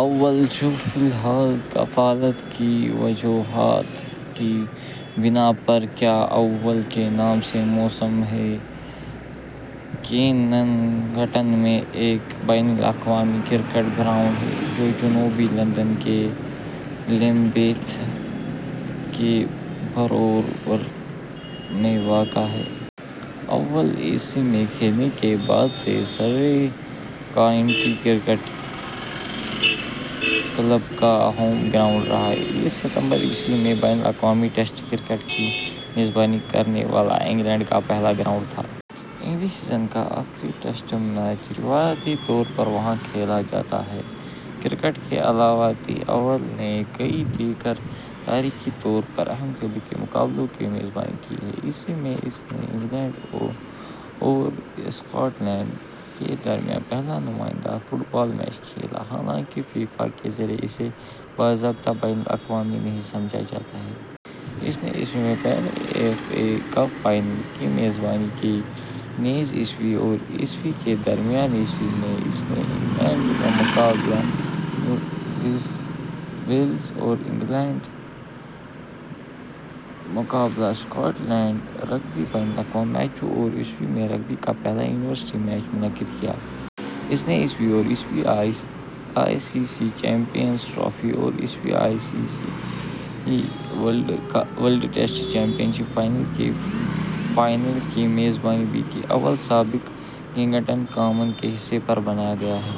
Oval, جو فی الحال کفالت کی وجوہات کی بنا پر ' کیا اوول' کے نام سے موسوم ہے، کیننگٹن میں ایک بین الاقوامی کرکٹ گراؤنڈ ہے، جو جنوبی لندن کے لیمبیتھ کے بورو میں واقع ہے۔ اوول ء میں کھلنے کے بعد سے سرے کاؤنٹی کرکٹ کلب کا ہوم گراؤنڈ رہا ہے۔ یہ ستمبر ء میں بین الاقوامی ٹیسٹ کرکٹ کی میزبانی کرنے والا انگلینڈ کا پہلا گراؤنڈ تھا۔ انگلش سیزن کا آخری ٹیسٹ میچ روایتی طور پر وہاں کھیلا جاتا ہے۔ کرکٹ کے علاوہ، دی اوول نے کئی دیگر تاریخی طور پر اہم کھیلوں کے مقابلوں کی میزبانی کی ہے۔ ء میں، اس نے انگلینڈ اور ا سکاٹ لینڈ کے درمیان پہلا نمائندہ فٹ بال میچ کھیلا، حالانکہ فیفا کے ذریعہ اسے باضابطہ بین الاقوامی نہیں سمجھا جاتا ہے۔ اس نے ء میں پہلے ایف اے کپ فائنل کی میزبانی کی، نیز ء اور ء کے درمیان۔ ء میں، اس نے انگلینڈ بمقابلہ ویلز اور انگلینڈ بمقابلا اسکاٹ لینڈ رگبی بین الاقوامی میچوں اور ء میں، رگبی کا پہلا یونیورسٹی میچ منعقد کیا۔ اس نے ء اور ء I C C champions Trophy اور ء I C C World Test Championship final کے فائنل کی میزبانی بھی کی۔ اوول سابق کیننگٹن کامن کے حصے پر بنایا گیا ہے۔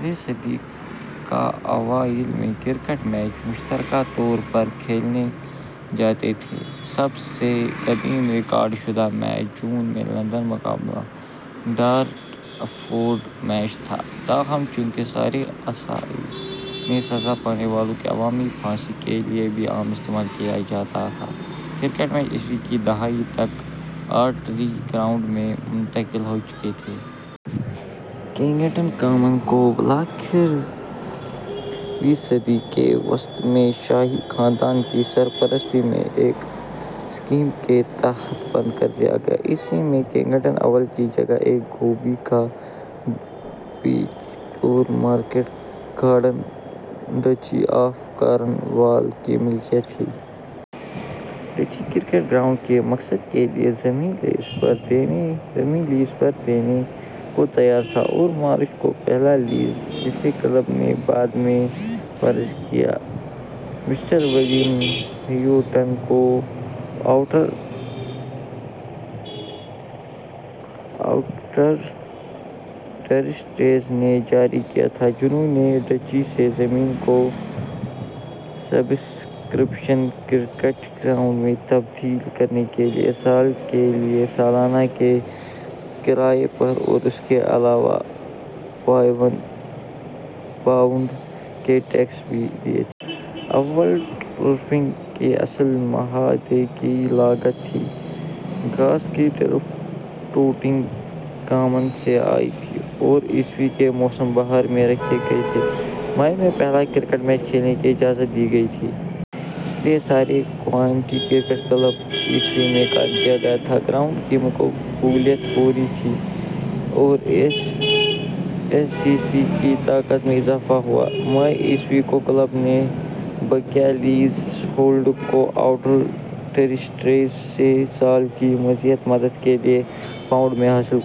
ویں صدی کے اوائل میں کرکٹ میچ مشترکہ طور پر کھیلے جاتے تھے۔ سب سے قدیم ریکارڈ شدہ میچ جون میں لندن بمقابلہ ڈارٹفورڈ میچ تھا۔ تاہم، چونکہ سرے اسائزز میں سزا پانے والوں کی عوامی پھانسی کے لیے بھی عام استعمال کیا جاتا تھا کرکٹ میچ ء کی دہائی تک آرٹلری گراؤنڈ میں منتقل ہو چکے تھے۔ کیننگٹن کامن کو بالآخر ویں صدی کے وسط میں شاہی خاندان کی سرپرستی میں ایک اسکیم کے تحت بند کر دیا گیا۔ ء میں، کیننگٹن اوول کی جگہ ایک گوبھی کا پیچ اور market garden Duchy of Cornwall کی ملکیت تھی۔ ڈچی کرکٹ گراؤنڈ کے مقصد کے لیے زمین لیز پر دینے کو تیار تھا اور مارچ کو پہلا لیز، جسے کلب نے بعد میں فرض کیا، مسٹر ولیم ہیوٹن کو اوٹر ٹرسٹیز نے جاری کیا تھا، جنھوں نے ڈچی سے زمین کو "سبسکرپشن کرکٹ گراؤنڈ میں تبدیل کرنے کے لیے"، سال کے لیے سالانہ کے کرایے پر اور اس کے علاوہ پاؤنڈ کے ٹیکس بھی دیے تھے۔ اوول ٹرفنگ کے اصل معاہدے کی لاگت تھی ، گھاس کے ٹرف ٹوٹنگ کامن سے آئے تھے اور ء کے موسم بہار میں رکھے گئے تھے مئی میں پہلا کرکٹ میچ کھیلنے کی اجازت دی گئی تھی۔ اس لیے، سرے کاؤنٹی کرکٹ کلب ء میں قائم کیا گیا تھا۔ ۔ گراؤنڈ کی مقبولیت فوری تھی اور ایس سی سی سی کی طاقت میں اضافہ ہوا۔ مئی ء کو کلب نے بقیہ لیز ہولڈ کو اوٹر ٹرسٹیز سے سال کی مزید مدت کے لیے پاؤنڈ میں حاصل کر لیا۔